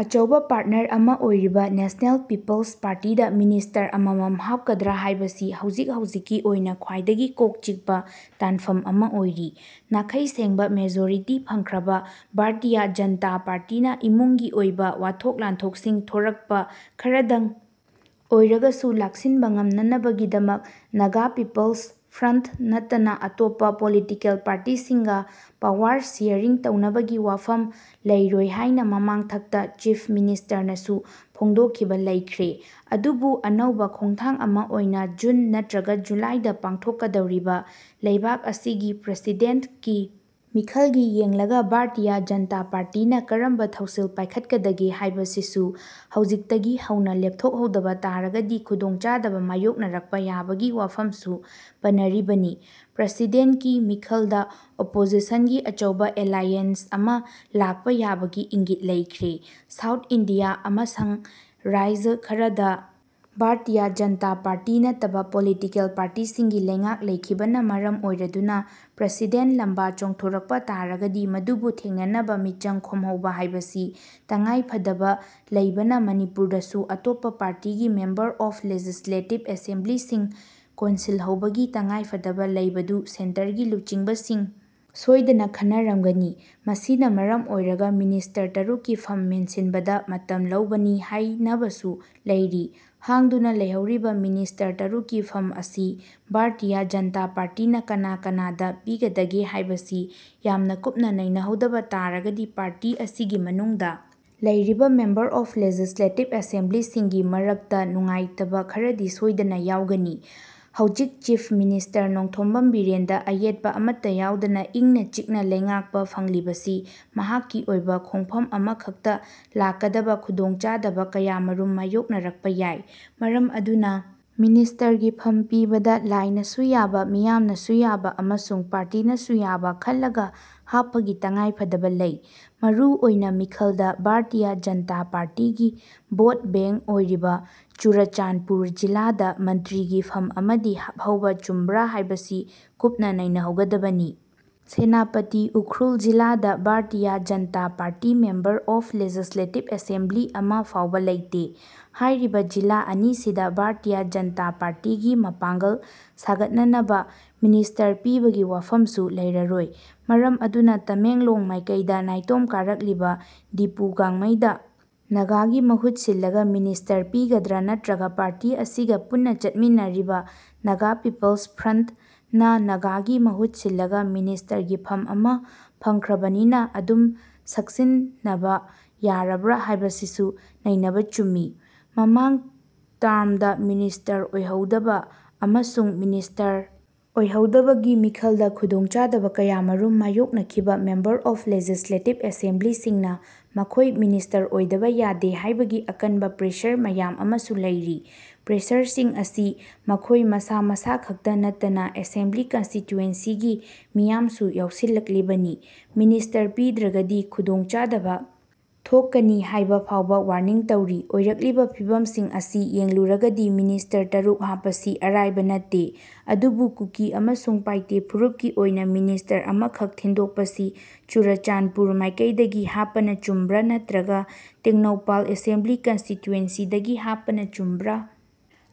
ꯑꯆꯧꯕ ꯄꯥꯔꯠꯅꯔ ꯑꯃ ꯑꯣꯏꯔꯤꯕ ꯅꯦꯁꯅꯦꯜ ꯄꯤꯄꯜ꯭ꯁ ꯄꯥꯔꯇꯤꯗ ꯃꯤꯅꯤꯁꯇꯔ ꯑꯃꯃꯝ ꯍꯥꯞꯀꯗ꯭ꯔꯥ ꯍꯥꯏꯕꯁꯤ ꯍꯧꯖꯤꯛ ꯍꯧꯖꯤꯛꯀꯤ ꯑꯣꯏꯅ ꯈ꯭ꯋꯥꯏꯗꯒꯤ ꯀꯣꯛ ꯆꯤꯛꯄ ꯇꯥꯟꯐꯝ ꯑꯃ ꯑꯣꯏꯔꯤ꯫ ꯅꯥꯈꯩ ꯁꯦꯡꯕ ꯃꯦꯖꯣꯔꯤꯇꯤ ꯐꯪꯈ꯭ꯔꯕ ꯕꯥꯔꯇꯤꯌꯥ ꯖꯟꯇꯥ ꯄꯥꯔꯇꯤꯅ ꯏꯃꯨꯡꯒꯤ ꯑꯣꯏꯕ ꯋꯥꯊꯣꯛ ꯂꯥꯟꯊꯣꯛꯁꯤꯡ ꯊꯣꯔꯛꯄ ꯈꯔꯗꯪ ꯑꯣꯏꯔꯒꯁꯨ ꯂꯥꯛꯁꯤꯟꯕ ꯉꯝꯅꯅꯕꯒꯤꯗꯃꯛ ꯅꯥꯒꯥ ꯄꯤꯄꯜꯁ ꯐ꯭ꯔꯟꯠ ꯅꯠꯇꯅ ꯑꯇꯣꯞꯄ ꯄꯣꯂꯤꯇꯤꯀꯦꯜ ꯄꯥꯔꯇꯤꯁꯤꯡꯒ ꯄꯋꯥꯔ ꯁꯤꯌꯔꯤꯡ ꯇꯧꯅꯕꯒꯤ ꯋꯥꯐꯝ ꯂꯩꯔꯣꯏ ꯍꯥꯏꯅ ꯃꯃꯥꯡꯊꯛꯇ ꯆꯤꯐ ꯃꯤꯅꯤꯁꯇꯔꯅꯁꯨ ꯐꯣꯡꯗꯣꯛꯈꯤꯕ ꯂꯩꯈ꯭ꯔꯦ꯫ ꯑꯗꯨꯕꯨ ꯑꯅꯧꯕ ꯈꯣꯡꯊꯥꯡ ꯑꯃ ꯑꯣꯏꯅ ꯖꯨꯟ ꯅꯠꯇ꯭ꯔꯒ ꯖꯨꯂꯥꯏꯗ ꯄꯥꯡꯊꯣꯛꯀꯗꯧꯔꯤꯕ ꯂꯩꯕꯥꯛ ꯑꯁꯤꯒꯤ ꯄ꯭ꯔꯁꯤꯗꯦꯟꯠꯀꯤ ꯃꯤꯈꯜꯒꯤ ꯌꯦꯡꯂꯒ ꯕꯥꯔꯇꯤꯌꯥ ꯖꯟꯇꯥ ꯄꯥꯔꯇꯤꯅ ꯀꯔꯝꯕ ꯊꯧꯁꯤꯜ ꯄꯥꯏꯈꯠꯀꯗꯒꯦ ꯍꯥꯏꯕꯁꯤꯁꯨ ꯍꯧꯖꯤꯛꯇꯒꯤ ꯍꯧꯅ ꯂꯦꯞꯊꯣꯛꯍꯧꯗꯕ ꯇꯥꯔꯒꯗꯤ ꯈꯨꯗꯣꯡꯆꯥꯗꯕ ꯃꯥꯌꯣꯛꯅꯔꯛꯄ ꯌꯥꯕꯒꯤ ꯋꯥꯐꯝꯁꯨ ꯄꯟꯅꯔꯤꯕꯅꯤ꯫ ꯄ꯭ꯔꯁꯤꯗꯦꯟꯀꯤ ꯃꯤꯈꯜꯗ ꯑꯣꯄꯣꯖꯤꯁꯟꯒꯤ ꯑꯆꯧꯕ ꯑꯦꯂꯥꯏꯌꯦꯟꯁ ꯑꯃ ꯂꯥꯛꯄ ꯌꯥꯕꯒꯤ ꯏꯪꯒꯤꯠ ꯂꯩꯈ꯭ꯔꯦ꯫ ꯁꯥꯎꯠ ꯏꯟꯗꯤꯌꯥ ꯑꯃꯁꯡ ꯔꯥꯢꯖ ꯈꯔꯗ ꯕꯥꯔꯇꯤꯌꯥ ꯖꯟꯇꯥ ꯄꯥꯔꯇꯤ ꯅꯠꯇꯕ ꯄꯣꯂꯤꯇꯤꯀꯦꯜ ꯄꯥꯔꯇꯤꯁꯤꯡꯒꯤ ꯂꯩꯉꯥꯛ ꯂꯩꯈꯤꯕꯅ ꯃꯔꯝ ꯑꯣꯏꯔꯗꯨꯅ ꯄ꯭ꯔꯁꯤꯗꯦꯟ ꯂꯝꯕꯥ ꯆꯣꯡꯊꯣꯔꯛꯄ ꯇꯥꯔꯒꯗꯤ ꯃꯗꯨꯕꯨ ꯊꯦꯡꯅꯅꯕ ꯃꯤꯆꯪ ꯈꯣꯝꯍꯧꯕ ꯍꯥꯏꯕꯁꯤ ꯇꯉꯥꯏꯐꯗꯕ ꯂꯩꯕꯅ ꯃꯅꯤꯄꯨꯔꯗꯁꯨ ꯑꯇꯣꯞꯄ ꯄꯥꯔꯇꯤꯒꯤ ꯃꯦꯝꯕꯔ ꯑꯣꯐ ꯂꯦꯖꯤꯁꯂꯦꯇꯤꯚ ꯑꯦꯁꯦꯝꯕ꯭ꯂꯤꯁꯤꯡ ꯀꯣꯟꯁꯤꯜꯍꯧꯕꯒꯤ ꯇꯉꯥꯏꯐꯗꯕ ꯂꯩꯕꯗꯨ ꯁꯦꯟꯇꯔꯒꯤ ꯂꯨꯆꯤꯡꯕꯁꯤꯡ ꯁꯣꯏꯗꯅ ꯈꯟꯅꯔꯝꯒꯅꯤ꯫ ꯃꯁꯤꯅ ꯃꯔꯝ ꯑꯣꯏꯔꯒ ꯃꯤꯅꯤꯁꯇꯔ ꯇꯔꯨꯛꯀꯤ ꯐꯝ ꯃꯦꯟꯁꯤꯟꯕꯗ ꯃꯇꯝ ꯂꯧꯕꯅꯤ ꯍꯥꯏꯅꯕꯁꯨ ꯂꯩꯔꯤ꯫ ꯍꯥꯡꯗꯨꯅ ꯂꯩꯍꯧꯔꯤꯕ ꯃꯤꯅꯤꯁꯇꯔ ꯇꯔꯨꯛꯀꯤ ꯐꯝ ꯑꯁꯤ ꯕꯥꯔꯇꯤꯌꯥ ꯖꯟꯇꯥ ꯄꯥꯔꯇꯤꯅ ꯀꯅꯥ ꯀꯅꯥꯗ ꯄꯤꯒꯗꯒꯦ ꯍꯥꯏꯕꯁꯤ ꯌꯥꯝꯅ ꯀꯨꯞꯅ ꯅꯩꯅꯍꯧꯗꯕ ꯇꯥꯔꯒꯗꯤ ꯄꯥꯔꯇꯤ ꯑꯁꯤꯒꯤ ꯃꯅꯨꯡꯗ ꯂꯩꯔꯤꯕ ꯃꯦꯝꯕꯔ ꯑꯣꯐ ꯂꯦꯖꯤꯁꯂꯦꯇꯤꯚ ꯑꯦꯁꯦꯝꯕ꯭ꯂꯤꯁꯤꯡꯒꯤ ꯃꯔꯛꯇ ꯅꯨꯡꯉꯥꯏꯇꯕ ꯈꯔꯗꯤ ꯁꯣꯏꯗꯅ ꯌꯥꯎꯒꯅꯤ꯫ ꯍꯧꯖꯤꯛ ꯆꯤꯐ ꯃꯤꯅꯤꯁꯇꯔ ꯅꯣꯡꯊꯣꯝꯕꯝ ꯕꯤꯔꯦꯟꯗ ꯑꯌꯦꯠꯄ ꯑꯃꯠꯇ ꯌꯥꯎꯗꯅ ꯏꯪꯅ ꯆꯤꯛꯅ ꯂꯩꯉꯥꯛꯄ ꯐꯪꯂꯤꯕꯁꯤ ꯃꯍꯥꯛꯀꯤ ꯑꯣꯏꯕ ꯈꯣꯡꯐꯝ ꯑꯃꯈꯛꯇ ꯂꯥꯛꯀꯗꯕ ꯈꯨꯗꯣꯡꯆꯥꯗꯕ ꯀꯌꯥꯃꯔꯨꯝ ꯃꯥꯌꯣꯛꯅꯔꯛꯄ ꯌꯥꯏ꯫ ꯃꯔꯝ ꯑꯗꯨꯅ ꯃꯤꯅꯤꯁꯇꯔꯒꯤ ꯐꯝ ꯄꯤꯕꯗ ꯂꯥꯏꯅꯁꯨ ꯌꯥꯕ, ꯃꯤꯌꯥꯝꯅꯁꯨ ꯌꯥꯕ ꯑꯃꯁꯨꯡ ꯄꯥꯔꯇꯤꯅꯁꯨ ꯌꯥꯕ ꯈꯜꯂꯒ ꯍꯥꯞꯄꯒꯤ ꯇꯉꯥꯏꯐꯗꯕ ꯂꯩ꯫ ꯃꯔꯨ ꯑꯣꯏꯅ ꯃꯤꯈꯜꯗ ꯕꯥꯔꯇꯤꯌꯥ ꯖꯟꯇꯥ ꯄꯥꯔꯇꯤꯒꯤ ꯚꯣꯠ ꯕꯦꯡ ꯑꯣꯏꯔꯤꯕ ꯆꯨꯔꯥꯆꯥꯟꯄꯨꯔ ꯖꯤꯂꯥꯗ ꯃꯟꯇ꯭ꯔꯤꯒꯤ ꯐꯝ ꯑꯃꯗꯤ ꯍꯥꯞꯍꯧꯕ ꯆꯨꯝꯕ꯭ꯔꯥ ꯍꯥꯏꯕꯁꯤ ꯀꯨꯞꯅ ꯅꯩꯅꯍꯧꯒꯗꯕꯅꯤ꯫ ꯁꯦꯅꯥꯄꯇꯤ, ꯎꯈ꯭ꯔꯨꯜ ꯖꯤꯂꯥꯗ Bharatiya Janata party member of legislative assembly ꯑꯃ ꯐꯥꯎꯕ ꯂꯩꯇꯦ꯫ ꯍꯥꯏꯔꯤꯕ ꯖꯤꯂꯥ ꯑꯅꯤꯁꯤꯗ ꯕꯥꯔꯇꯤꯌꯥ ꯖꯟꯇꯥ ꯄꯥꯔꯇꯤꯒꯤ ꯃꯄꯥꯡꯒꯜ ꯁꯥꯒꯠꯅꯅꯕ ꯃꯤꯅꯤꯁꯇꯔ ꯄꯤꯕꯒꯤ ꯋꯥꯐꯝꯁꯨ ꯂꯩꯔꯔꯣꯏ꯫ ꯃꯔꯝ ꯑꯗꯨꯅ ꯇꯃꯦꯡꯂꯣꯡ ꯃꯥꯏꯀꯩꯗ ꯅꯥꯏꯇꯣꯝ ꯀꯥꯔꯛꯂꯤꯕ ꯗꯤꯄꯨ ꯒꯥꯡꯃꯩꯗ ꯅꯥꯒꯥꯒꯤ ꯃꯍꯨꯠ ꯁꯤꯜꯂꯒ ꯃꯤꯅꯤꯁꯇꯔ ꯄꯤꯒꯗ꯭ꯔꯥ ꯅꯠꯇ꯭ꯔꯒ ꯄꯥꯔꯇꯤ ꯑꯁꯤꯒ ꯄꯨꯟꯅ ꯆꯠꯃꯤꯟꯅꯔꯤꯕ ꯅꯒꯥ ꯄꯤꯄꯜ꯭ꯁ ꯐ꯭ꯔꯟ꯭ꯇ ꯅ ꯅꯥꯒꯥꯒꯤ ꯃꯍꯨꯠ ꯁꯤꯜꯂꯒ ꯃꯤꯅꯤꯁꯇꯔꯒꯤ ꯐꯝ ꯑꯃ ꯐꯪꯈ꯭ꯔꯕꯅꯤꯅ ꯑꯗꯨꯝ ꯁꯛꯆꯤꯟꯅꯕ ꯌꯥꯔꯕ꯭ꯔꯥ ꯍꯥꯏꯕꯁꯤꯁꯨ ꯅꯩꯅꯕ ꯆꯨꯝꯃꯤ꯫ ꯃꯃꯥꯡ ꯇꯥꯔ꯭ꯃꯗ ꯃꯤꯅꯤꯁꯇꯔ ꯑꯣꯏꯍꯧꯗꯕ ꯑꯃꯁꯨꯡ ꯃꯤꯅꯤꯁꯇꯔ ꯑꯣꯏꯍꯧꯗꯕꯒꯤ ꯃꯤꯈꯜꯗ ꯈꯨꯗꯣꯡꯆꯥꯗꯕ ꯀꯌꯥꯃꯔꯨꯝ ꯃꯥꯌꯣꯛꯅꯈꯤꯕ ꯃꯦꯝꯕꯔ ꯑꯣꯐ ꯂꯦꯖꯤꯁꯂꯦꯇꯤꯚ ꯑꯦꯁꯦꯝꯕ꯭ꯂꯤꯁꯤꯡꯅ ꯃꯈꯣꯏ ꯃꯤꯅꯤꯁꯇꯔ ꯑꯣꯏꯗꯕ ꯌꯥꯗꯦ ꯍꯥꯏꯕꯒꯤ ꯑꯀꯟꯕ ꯄ꯭ꯔꯦꯁꯔ ꯃꯌꯥꯝ ꯑꯃꯁꯨ ꯂꯩꯔꯤ꯫ ꯄ꯭ꯔꯦꯁꯔꯁꯤꯡ ꯑꯁꯤ ꯃꯈꯣꯏ ꯃꯁꯥ ꯃꯁꯥꯈꯛꯇ ꯅꯠꯇꯅ ꯑꯦꯁꯦꯝꯕ꯭ꯂꯤ ꯀꯟꯁꯇꯤꯇꯨꯌꯦꯟꯁꯤꯒꯤ ꯃꯤꯌꯥꯝꯁꯨ ꯌꯥꯎꯁꯤꯜꯂꯛꯂꯤꯕꯅꯤ꯫ ꯃꯤꯅꯤꯁꯇꯔ ꯄꯤꯗ꯭ꯔꯒꯗꯤ ꯈꯨꯗꯣꯡ ꯆꯥꯗꯕ ꯊꯣꯛꯀꯅꯤ ꯍꯥꯏꯕ ꯐꯥꯎꯕ ꯋꯥꯔꯅꯤꯡ ꯇꯧꯔꯤ꯫ ꯑꯣꯏꯔꯛꯂꯤꯕ ꯐꯤꯚꯝꯁꯤꯡ ꯑꯁꯤ ꯌꯦꯡꯂꯨꯔꯒꯗꯤ ꯃꯤꯅꯤꯁꯇꯔ ꯇꯔꯨꯛ ꯍꯥꯞꯄꯁꯤ ꯑꯔꯥꯏꯕ ꯅꯠꯇꯦ꯫ ꯑꯗꯨꯕꯨ ꯀꯨꯀꯤ ꯑꯃꯁꯨꯡ ꯄꯥꯏꯇꯦ ꯐꯨꯔꯨꯞꯀꯤ ꯑꯣꯏꯅ ꯃꯤꯅꯤꯁꯇꯔ ꯑꯃꯈꯛ ꯊꯤꯟꯗꯣꯛꯄꯁꯤ ꯆꯨꯔꯥꯆꯥꯟꯄꯨꯔ ꯃꯥꯏꯀꯩꯗꯒꯤ ꯍꯥꯞꯄꯅ ꯆꯨꯝꯕ꯭ꯔꯥ ꯅꯠꯇ꯭ꯔꯒ ꯇꯦꯡꯅꯧꯄꯜ ꯑꯦꯁꯦꯝꯕ꯭ꯂꯤ ꯀꯟꯁꯇꯤꯇꯨꯌꯦꯟꯁꯤꯗꯒꯤ ꯍꯥꯞꯄꯅ ꯆꯨꯝꯕ꯭ꯔꯥ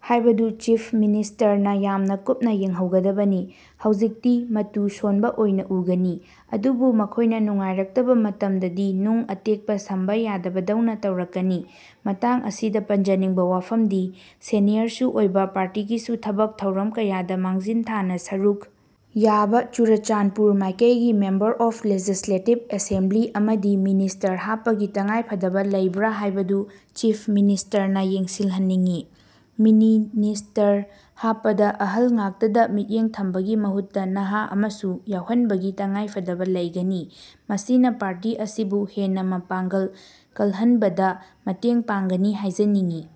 ꯍꯥꯏꯕꯗꯨ ꯆꯤꯐ ꯃꯤꯅꯤꯁꯇꯔꯅ ꯌꯥꯝꯅ ꯀꯨꯞꯅ ꯌꯦꯡꯍꯧꯒꯗꯕꯅꯤ꯫ ꯍꯧꯖꯤꯛꯇꯤ ꯃꯇꯨ ꯁꯣꯟꯕ ꯑꯣꯏꯅ ꯎꯒꯅꯤ꯫ ꯑꯗꯨꯕꯨ ꯃꯈꯣꯏꯅ ꯅꯨꯡꯉꯥꯏꯔꯛꯇꯕ ꯃꯇꯝꯗꯗꯤ ꯅꯨꯡ ꯑꯇꯦꯛꯄ ꯁꯝꯕ ꯌꯥꯗꯕꯗꯧꯅ ꯇꯧꯔꯛꯀꯅꯤ꯫ ꯃꯇꯥꯡ ꯑꯁꯤꯗ ꯄꯟꯖꯅꯤꯡꯕ ꯋꯥꯐꯝꯗꯤ, ꯁꯦꯅꯤꯌꯔꯁꯨ ꯑꯣꯏꯕ, ꯄꯥꯔꯇꯤꯒꯤꯁꯨ ꯊꯕꯛ ꯊꯧꯔꯝ ꯀꯌꯥꯗ ꯃꯥꯡꯖꯤꯟ ꯊꯥꯅ ꯁꯔꯨꯛ ꯌꯥꯕ ꯆꯨꯔꯥꯆꯥꯟꯄꯨꯔ ꯃꯥꯏꯀꯩꯒꯤ ꯃꯦꯝꯕꯔ ꯑꯣꯐ ꯂꯦꯖꯤꯁꯂꯦꯇꯤꯚ ꯑꯦꯁꯦꯝꯕ꯭ꯂꯤ ꯑꯃꯗꯤ ꯃꯤꯅꯤꯁꯇꯔ ꯍꯥꯞꯄꯒꯤ ꯇꯉꯥꯏꯐꯗꯕ ꯂꯩꯕ꯭ꯔꯥ ꯍꯥꯏꯕꯗꯨ ꯆꯤꯐ ꯃꯤꯅꯤꯁꯇꯔꯅ ꯌꯦꯡꯁꯤꯜꯍꯟꯅꯤꯡꯏ꯫ ꯃꯅꯤꯅꯤꯁꯇꯔ ꯍꯥꯞꯄꯗ ꯑꯍꯜ ꯉꯥꯛꯇꯗ ꯃꯤꯠꯌꯦꯡ ꯊꯝꯕꯒꯤ ꯃꯍꯨꯠꯇ ꯅꯍꯥ ꯑꯃꯁꯨ ꯌꯥꯎꯍꯟꯕꯒꯤ ꯇꯉꯥꯢꯐꯗꯕ ꯂꯩꯒꯅꯤ꯫ ꯃꯁꯤꯅ ꯄꯥꯔꯇꯤ ꯑꯁꯤꯕꯨ ꯍꯦꯟꯅ ꯃꯄꯥꯡꯒꯜ ꯀꯜꯍꯟꯕꯗ ꯃꯇꯦꯡ ꯄꯥꯡꯒꯅꯤ ꯍꯥꯏꯖꯅꯤꯡꯏ꯫